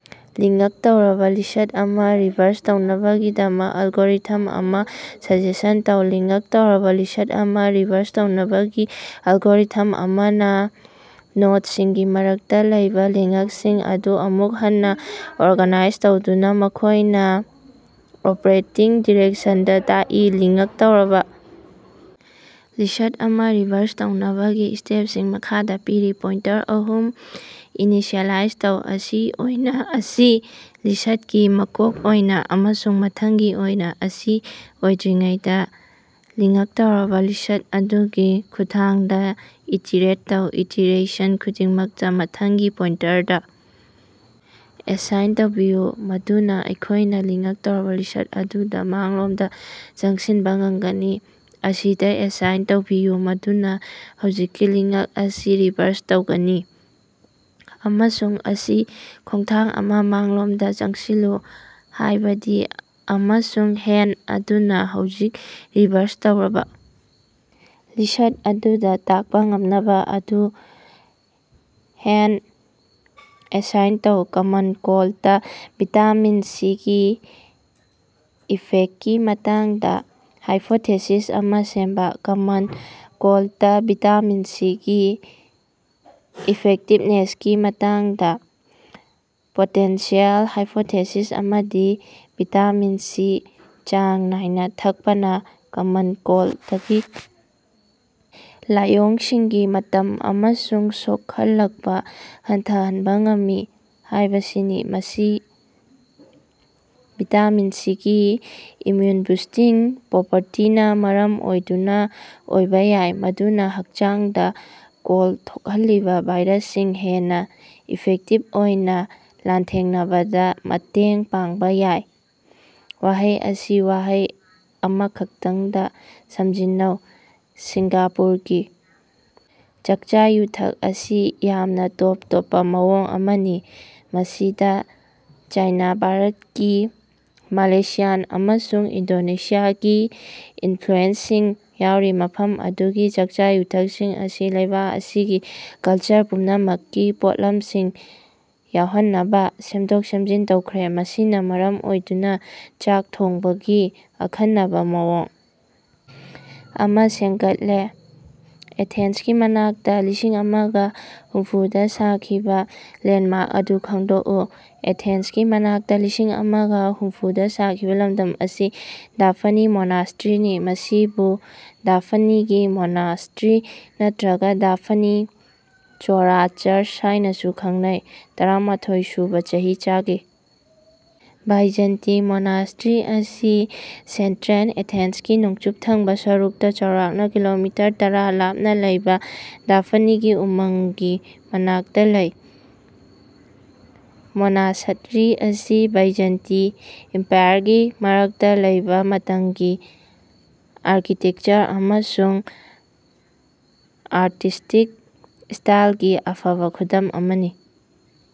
Link ꯇꯧꯔꯕ list ꯑꯃ reverse ꯇꯧꯅꯕꯒꯤꯗꯃꯛ ꯑꯦꯜꯒꯣꯔꯤꯊꯝ ꯑꯃ ꯁꯖꯦꯁꯟ ꯇꯧ꯫ ꯂꯤꯉ꯭ꯛ ꯇꯧꯔꯕ ꯂꯤꯁ꯭ꯠ ꯑꯃ ꯔꯤꯚꯔꯁ ꯇꯧꯅꯕꯒꯤ ꯑꯦꯜꯒꯣꯔꯤꯊꯝ ꯑꯃꯅ ꯅꯣꯗꯁꯤꯡꯒꯤ ꯃꯔꯛꯇ ꯂꯩꯕ ꯂꯤꯉ꯭ꯛꯁꯤꯡ ꯑꯗꯨ ꯑꯃꯨꯛ ꯍꯟꯅ ꯑꯣꯔꯒꯥꯅꯥꯏꯖ ꯇꯧꯗꯨꯅ ꯃꯈꯣꯏꯅ ꯑꯣꯄꯔꯦꯇꯤꯡ ꯗꯤꯔꯦꯛꯁꯟꯗ ꯇꯥꯛꯏ꯫ ꯂꯤꯉ꯭ꯛ ꯇꯧꯔꯕ ꯂꯤꯁ꯭ꯠ ꯑꯃ ꯔꯤꯚꯔꯁ ꯇꯧꯅꯕꯒꯤ ꯁ꯭ꯇꯦꯞꯁꯤꯡ ꯃꯈꯥꯗ ꯄꯤꯔꯤ ꯄꯣꯏꯟꯇꯔ ꯑꯍꯨꯝ ꯏꯅꯤꯁꯤꯑꯦꯂꯥꯏꯖ ꯇꯧ, ꯑꯁꯤ ꯑꯣꯏꯅ, ꯑꯁꯤ ꯂꯤꯁ꯭ꯇꯀꯤ ꯃꯀꯣꯛ ꯑꯣꯏꯅ, ꯑꯃꯁꯨꯡ ꯃꯊꯪꯒꯤ ꯑꯣꯏꯅ꯫ ꯑꯁꯤ ꯑꯣꯏꯗ꯭ꯔꯤꯉꯩꯗ ꯂꯤꯉ꯭ꯛ ꯇꯧꯔꯕ ꯂꯤꯁ꯭ꯠ ꯑꯗꯨꯒꯤ ꯈꯨꯠꯊꯥꯡꯗ ꯏꯇꯤꯔꯦꯠ ꯇꯧ꯫ ꯏꯇꯤꯔꯦꯁꯟ ꯈꯨꯗꯤꯡꯃꯛꯇ ꯃꯊꯪꯒꯤ ꯄꯣꯏꯟꯇꯔꯗ ꯑꯦꯁꯥꯏꯟ ꯇꯧꯕꯤꯌꯨ ꯃꯗꯨꯅ ꯑꯩꯈꯣꯏꯅ ꯂꯤꯉ꯭ꯛ ꯇꯧꯔꯕ ꯂꯤꯁ꯭ꯠ ꯑꯗꯨꯗ ꯃꯥꯡꯂꯣꯝꯗ ꯆꯪꯁꯤꯟꯕ ꯉꯝꯒꯅꯤ꯫ ꯑꯁꯤꯗ ꯑꯦꯁꯥꯏꯟ ꯇꯧꯕꯤꯌꯨ ꯃꯗꯨꯅ ꯍꯧꯖꯤꯛꯀꯤ ꯂꯤꯉ꯭ꯛ ꯑꯁꯤ ꯔꯤꯚꯔꯁ ꯇꯧꯒꯅꯤ꯫ ꯑꯃꯁꯨꯡ ꯑꯁꯤ ꯈꯣꯡꯊꯥꯡ ꯑꯃ ꯃꯥꯡꯂꯣꯝꯗ ꯆꯪꯁꯤꯜꯂꯨ ꯍꯥꯏꯕꯗꯤ ꯑꯃꯁꯨꯡ ꯍꯦꯗ ꯑꯗꯨꯅ ꯍꯧꯖꯤꯛ ꯔꯤꯚꯥꯔꯁ ꯇꯧꯔꯕ ꯂꯤꯁ꯭ꯠ ꯑꯗꯨꯗ ꯇꯥꯛꯄ ꯉꯝꯅꯕ ꯑꯗꯨ ꯍꯦꯗ ꯑꯦꯁꯥꯏꯟ ꯇꯧ꯫ ꯀꯃꯟ ꯀꯣꯜꯗꯇ ꯚꯤꯇꯥꯃꯤꯟ ꯁꯤꯒꯤ ꯏꯐꯦꯛꯇꯀꯤ ꯃꯇꯥꯡꯗ ꯍꯥꯏꯄꯣꯊꯦꯁꯤꯁ ꯑꯃ ꯁꯦꯝꯕ꯫ ꯀꯃꯟ ꯀꯣꯜꯗꯇ ꯚꯤꯇꯥꯃꯤꯟ ꯁꯤꯒꯤ ꯏꯐꯦꯛꯇꯤꯕꯅꯦꯁꯀꯤ ꯃꯇꯥꯡꯗ ꯄꯣꯇꯦꯟꯁꯤꯌꯦꯜ ꯍꯥꯏꯄꯣꯊꯦꯁꯤꯁ ꯑꯃꯗꯤ ꯚꯤꯇꯥꯃꯤꯟ ꯁꯤ ꯆꯥꯡ ꯅꯥꯏꯅ ꯊꯛꯄꯅ ꯀꯃꯟ ꯀꯣꯜꯗꯀꯤ ꯂꯥꯏꯑꯣꯡꯁꯤꯡꯒꯤ ꯃꯇꯝ ꯑꯃꯁꯨꯡ ꯁꯣꯛꯍꯜꯂꯛꯄ ꯍꯟꯊꯍꯟꯕ ꯉꯝꯃꯤ ꯍꯥꯏꯕꯁꯤꯅꯤ꯫ ꯃꯁꯤ ꯚꯤꯇꯥꯃꯤꯟ ꯁꯤꯒꯤ ꯏꯝꯌꯨꯟ-ꯕꯨꯁꯇꯤꯡ ꯄ꯭ꯔꯣꯄꯔꯇꯤꯅ ꯃꯔꯝ ꯑꯣꯏꯗꯨꯅ ꯑꯣꯏꯕ ꯌꯥꯏ, ꯃꯗꯨꯅ ꯍꯛꯆꯥꯡꯗ ꯀꯣꯜ ꯊꯣꯛꯍꯜꯂꯤꯕ ꯚꯥꯏꯔꯁꯁꯤꯡ ꯍꯦꯟꯅ ꯏꯐꯦꯛꯇꯤꯚ ꯑꯣꯏꯅ ꯂꯥꯟꯊꯦꯡꯅꯕꯗ ꯃꯇꯦꯡ ꯄꯥꯡꯕ ꯌꯥꯏ꯫ ꯋꯥꯍꯩ ꯑꯁꯤ ꯋꯥꯍꯩ ꯑꯃꯈꯛꯇꯪꯗ ꯁꯝꯖꯤꯟꯅꯧ꯫ꯁꯤꯡꯒꯥꯄꯨꯔꯒꯤ ꯆꯥꯛꯆꯥ-ꯌꯨꯊꯛ ꯑꯁꯤ ꯌꯥꯝꯅ ꯇꯣꯞ ꯇꯣꯞꯄ ꯃꯑꯣꯡ ꯑꯃꯅꯤ꯫ꯃꯁꯤꯗ ꯆꯥꯏꯅꯥ, ꯚꯥꯔꯠꯀꯤ, ꯃꯂꯦꯁꯤꯌꯥꯟ ꯑꯃꯁꯨꯡ ꯏꯟꯗꯣꯅꯦꯁꯤꯌꯥꯒꯤ ꯏꯅꯐ꯭ꯂꯨꯑꯦꯟꯁꯁꯤꯡ ꯌꯥꯎꯔꯤ꯫ ꯃꯐꯝ ꯑꯗꯨꯒꯤ ꯆꯥꯛꯆꯥ-ꯌꯨꯊꯛꯁꯤꯡ ꯑꯁꯤ ꯂꯩꯕꯥꯛ ꯑꯁꯤꯒꯤ ꯀꯜꯆꯔ ꯄꯨꯝꯅꯃꯛꯀꯤ ꯄꯣꯠꯂꯝꯁꯤꯡ ꯌꯥꯎꯍꯟꯅꯕ ꯁꯦꯝꯗꯣꯛ-ꯁꯦꯝꯖꯤꯟ ꯇꯧꯈ꯭ꯔꯦ꯫ ꯃꯁꯤꯅ ꯃꯔꯝ ꯑꯣꯏꯗꯨꯅ ꯆꯥꯛ ꯊꯣꯡꯕꯒꯤ ꯑꯈꯟꯅꯕ ꯃꯑꯣꯡ ꯑꯃ ꯁꯦꯝꯒꯠꯂꯦ꯫ ꯑꯦꯊꯦꯟꯁꯀꯤ ꯃꯅꯥꯛꯇꯥ ꯂꯤꯁꯤꯡꯑꯃꯒ ꯍꯨꯝꯐꯨ ꯗ ꯁꯥꯈꯤꯕ ꯂꯦꯟꯗꯃꯥꯔꯛ ꯑꯗꯨ ꯈꯪꯗꯣꯛꯎ꯫ ꯑꯦꯊꯦꯟꯁꯀꯤ ꯃꯅꯥꯛꯇ ꯂꯤꯁꯤꯡ ꯑꯃꯒ ꯍꯨꯝꯐꯨꯗ ꯁꯥꯈꯤꯕ ꯂꯝꯗꯝ ꯑꯁꯤ ꯗꯥꯐ꯭ꯅꯤ ꯃꯣꯅꯥꯁꯇ꯭ꯔꯤꯅꯤ꯫ ꯃꯁꯤꯕꯨ ꯗꯥꯐꯅꯤꯒꯤ ꯃꯣꯅꯥꯁꯇ꯭ꯔꯤ ꯅꯠꯇꯔꯒ ꯗꯥꯐ꯭ꯅꯤ ꯆꯣꯔꯥ ꯆꯔꯆ ꯍꯥꯏꯅꯥꯁꯨ ꯈꯪꯅꯩ꯫ ꯇꯔꯥꯃꯥꯊꯣꯏ ꯁꯨꯕ ꯆꯍꯤꯆꯥꯒꯤ ꯕꯥꯏꯖꯟꯇꯤꯟ ꯃꯣꯅꯥꯁꯇ꯭ꯔꯤ ꯑꯁꯤ ꯁꯦꯟꯇꯔꯦꯜ ꯑꯦꯊꯦꯟꯁꯀꯤ ꯅꯣꯡꯆꯨꯞ ꯊꯪꯕꯥ ꯁꯔꯨꯛꯇ ꯆꯥꯎꯔꯥꯛꯅ ꯀꯤꯂꯣꯃꯤꯇꯔ ꯇꯔꯥ ꯂꯥꯞꯅꯥ ꯂꯩꯕ ꯗꯥꯐꯅꯤꯒꯤ ꯎꯃꯪꯒꯤ ꯃꯅꯥꯛꯇ ꯂꯩ꯫ ꯃꯣꯅꯥꯁ꯭ꯠꯔꯤ ꯑꯁꯤ ꯕꯥꯏꯖꯟꯇꯤꯟ ꯏꯝꯄꯥꯌꯔꯒꯤ ꯃꯔꯛꯇ ꯂꯩꯕ ꯃꯇꯝꯒꯤ ꯑꯥꯔꯀꯤꯇꯦꯛꯆꯔ ꯑꯃꯁꯨꯡ ꯑꯥꯔꯇꯤꯁ꯭ꯇꯤꯛ ꯁ꯭ꯇꯥꯏꯜꯒꯤ ꯑꯐꯕ ꯈꯨꯗꯝ ꯑꯃꯅꯤ꯫